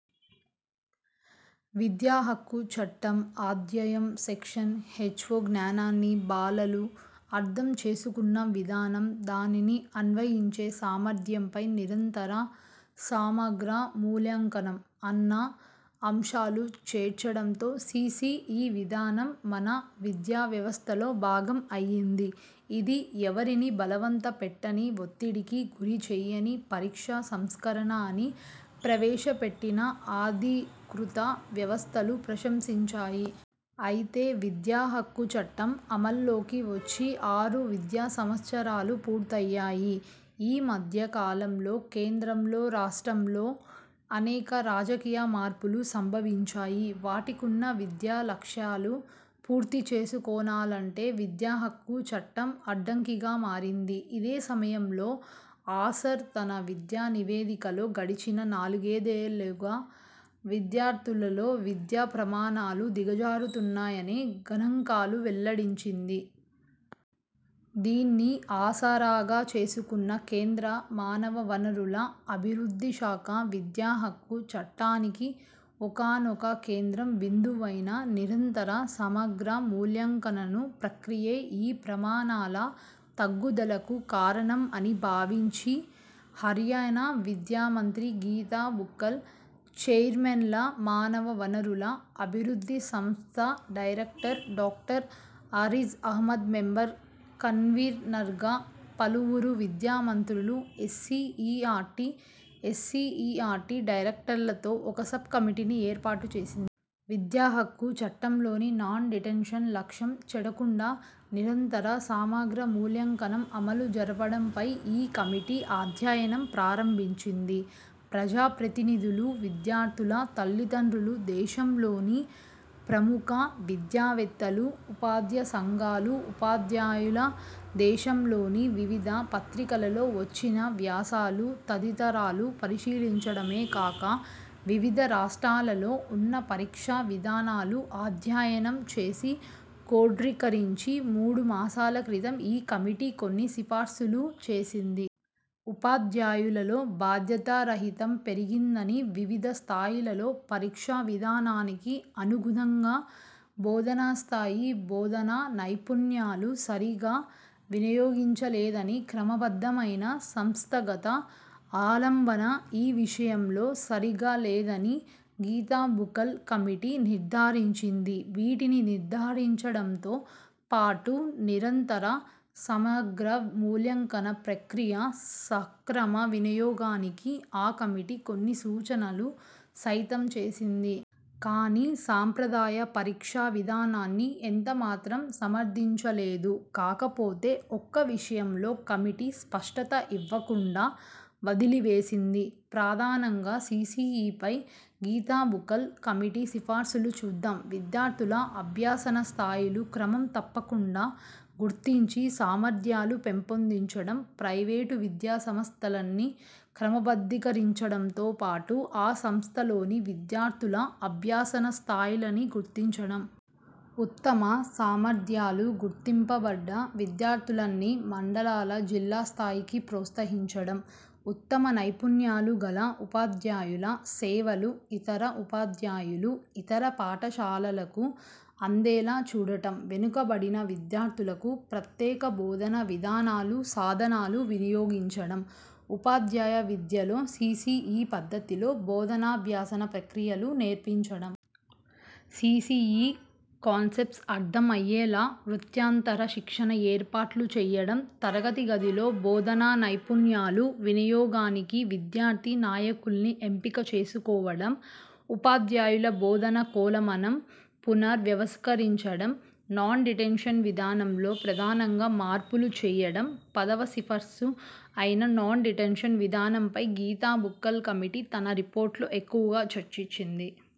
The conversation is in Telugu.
విద్యాహక్కు చట్టం – అధ్యాయం- సెక్షన్ హెచ్లో' జ్ఞానాన్ని బాలలు అర్థం చేసుకున్న విధానం, దానిని అన్వయించే సామర్థ్యంపై 'నిరంతర సమగ్ర మూల్యాంకనం' అన్న అంశాలు చేర్చడంతో సీసీఈ విధానం మన విద్యావ్యవస్థలో భాగం అయ్యింది. ఇది ఎవరినీ బలంవంత పెట్టని, వత్తిడికి గురిచేయని పరీక్షా సంస్కరణ అని ప్రవేశపెట్టిన అధీకృత వ్యవస్థలు ప్రశంసించాయి. అయితే విద్యాహక్కు చట్టం – అమలులోకి వచ్చి ఆరు విద్యా సంవత్సరాలు పూర్తయ్యాయి. ఈ మధ్య కాలంలో కేంద్రంలో, రాష్ట్రంలో అనేక రాజకీయ మార్పులు సంభవించాయి. వాటికున్న విద్యా లక్ష్యాలు పూర్తి చేసుకొనాలంటే 'విద్యాహక్కు చట్టం' అడ్డంకిగా మారింది. ఇదే సమయంలో 'ఆసర్' తన విద్యా నివేదికలో గడచిన నాలుగైదేళ్ళుగా విద్యార్థుల్లో విద్యా ప్రమాణాలు దిగజారుతున్నాయనే గణాంకాలు వెల్లడించింది. దీన్ని ఆసరాగా చేసుకున్న కేంద్ర మానవ వనరుల అభివృద్ధి శాఖ 'విద్యాహక్కు చట్టానికి' ఒకానొక కేంద్ర బిందువైన నిరంతర సమగ్ర మూల్యాంకన ప్రక్రియే ఈ ప్రమాణాల తగ్గుదలకు కారణం అని భావించి, హర్యానా విద్యా మంత్రి గీతా బుక్కల్ చైర్మన్గా, మానవ వనరుల అభివృద్ధి సంస్థ director doctor Areej Ahmed member కన్వీనర్గా పలువురు విద్యా మంత్రులు, ఎస్సీఈఆర్టీ, ఎన్సీఈఆర్టీ డైరెక్టర్లతో ఒక సబ్ కమిటీని ఏర్పాటు చేసింది. విద్యాహక్కు చట్టంలోని 'నాన్ డిటెన్షన్' లక్ష్యం చెడకుండా 'నిరంతర సమగ్ర మూల్యాంకనం' అమలు జరపడంపై ఈ కమిటీ అధ్యయనం ప్రారంభించింది. ప్రజాప్రతినిధులు విద్యార్థుల తల్లిదండ్రులు దేశంలోని ప్రముఖ విద్యావేత్తలు, ఉపాధ్యాయ సంఘాలు, ఉపాధ్యాయలు, దేశంలోని వివిధ పత్రికల్లో వచ్చిన వ్యాసాలు తదితరాలు పరిశీలించడమే కాక వివిధ రాష్ట్రాలలో ఉన్న పరీక్షా విధానాలు అధ్యయనం చేసి క్రోడీకరించి మూడు మాసాల క్రితం ఈ కమిటీ కొన్ని సిఫార్సులు చేసింది. ఉపాధ్యాయుల్లో బాధ్యతారాహిత్యం పెరిగిందని వివిధ స్థాయిలలో పరీక్షా విధానానికి అనుగుణంగా బోధనాస్థాయి, బోధనా నైపుణ్యాలు సరిగా వినియోగించలేదని, క్రమబద్ధమైన సంస్థాగత ఆలంబన ఈ విషయంలో సరిగా లేదని గీతాబుక్కల్ కమిటీ నిర్థారించింది. వీటిని నిర్థారించడంతో పాటు 'నిరంతర సమగ్ర మూల్యాంకన' ప్రక్రియ సక్రమ వినియోగానికి ఆ కమిటీ కొన్ని సూచనలు సైతం చేసింది. కానీ సంప్రదాయ పరీక్షా విధానాన్ని ఎంతమాత్రం సమర్థించలేదు. కాకపోతే ఒక్క విషయంలో కమిటీ స్పష్టత ఇవ్వకుండా వదిలివేసింది. ప్రధానంగా సీసీఈపై గీతా బుక్కల్ కమిటీ సిఫార్సులు చూద్దాం. విద్యార్థుల అభ్యసన స్థాయిలు క్రమం తప్పకుండా గుర్తించి సామర్థ్యాలు పెంపొందించడం. ప్రైవేటు విద్యాసంస్థల్ని క్రమబద్ధీకరించడంతో పాటు ఆ సంస్థల్లోని విద్యార్థుల అభ్యసన స్థాయిల్ని గుర్తించడం. ఉత్తమ సామర్థ్యాలు గుర్తింపబడ్డ విద్యార్థుల్ని మండల, జిల్లా స్థాయికి ప్రోత్సహించడం. ఉత్తమ నైపుణ్యాలు గల ఉపాధ్యాయుల సేవలు ఇతర ఉపాధ్యాయులు, ఇతర పాఠశాలలకు అందేలా చూడటం. వెనుకబడిన విద్యార్థులకు ప్రత్యేక బోధనా విధానాలు, సాధనాలు వినియోగించడం. ఉపాధ్యాయ విద్యలో సీసీఈ పద్ధతిలో బోధనాభ్యసన ప్రక్రియలు నేర్పించడం. సీసీఈ కాన్సెప్ట్ అర్థం అయ్యేలా వృత్యంతర శిక్షణ ఏర్పాట్లు చేయడం. తరగతి గదిలో బోధనా నైపుణ్యాలు వినియోగానికి విద్యార్థి నాయకుల్ని ఎంపిక చేసుకోవడం. ఉపాధ్యాయుల బోధనా కొలమానం పునర్ వ్యవస్థీకరించడం. 'నాన్డిటెన్షన్' విధానంలో ప్రధానంగా మార్పులు చేయడం. పదవ సిఫార్సు అయిన 'నాన్డిటెన్షన్' విధానంపై గీతా బుక్కల్ కమిటీ తన రిపోర్టులో ఎక్కువగా చర్చించింది.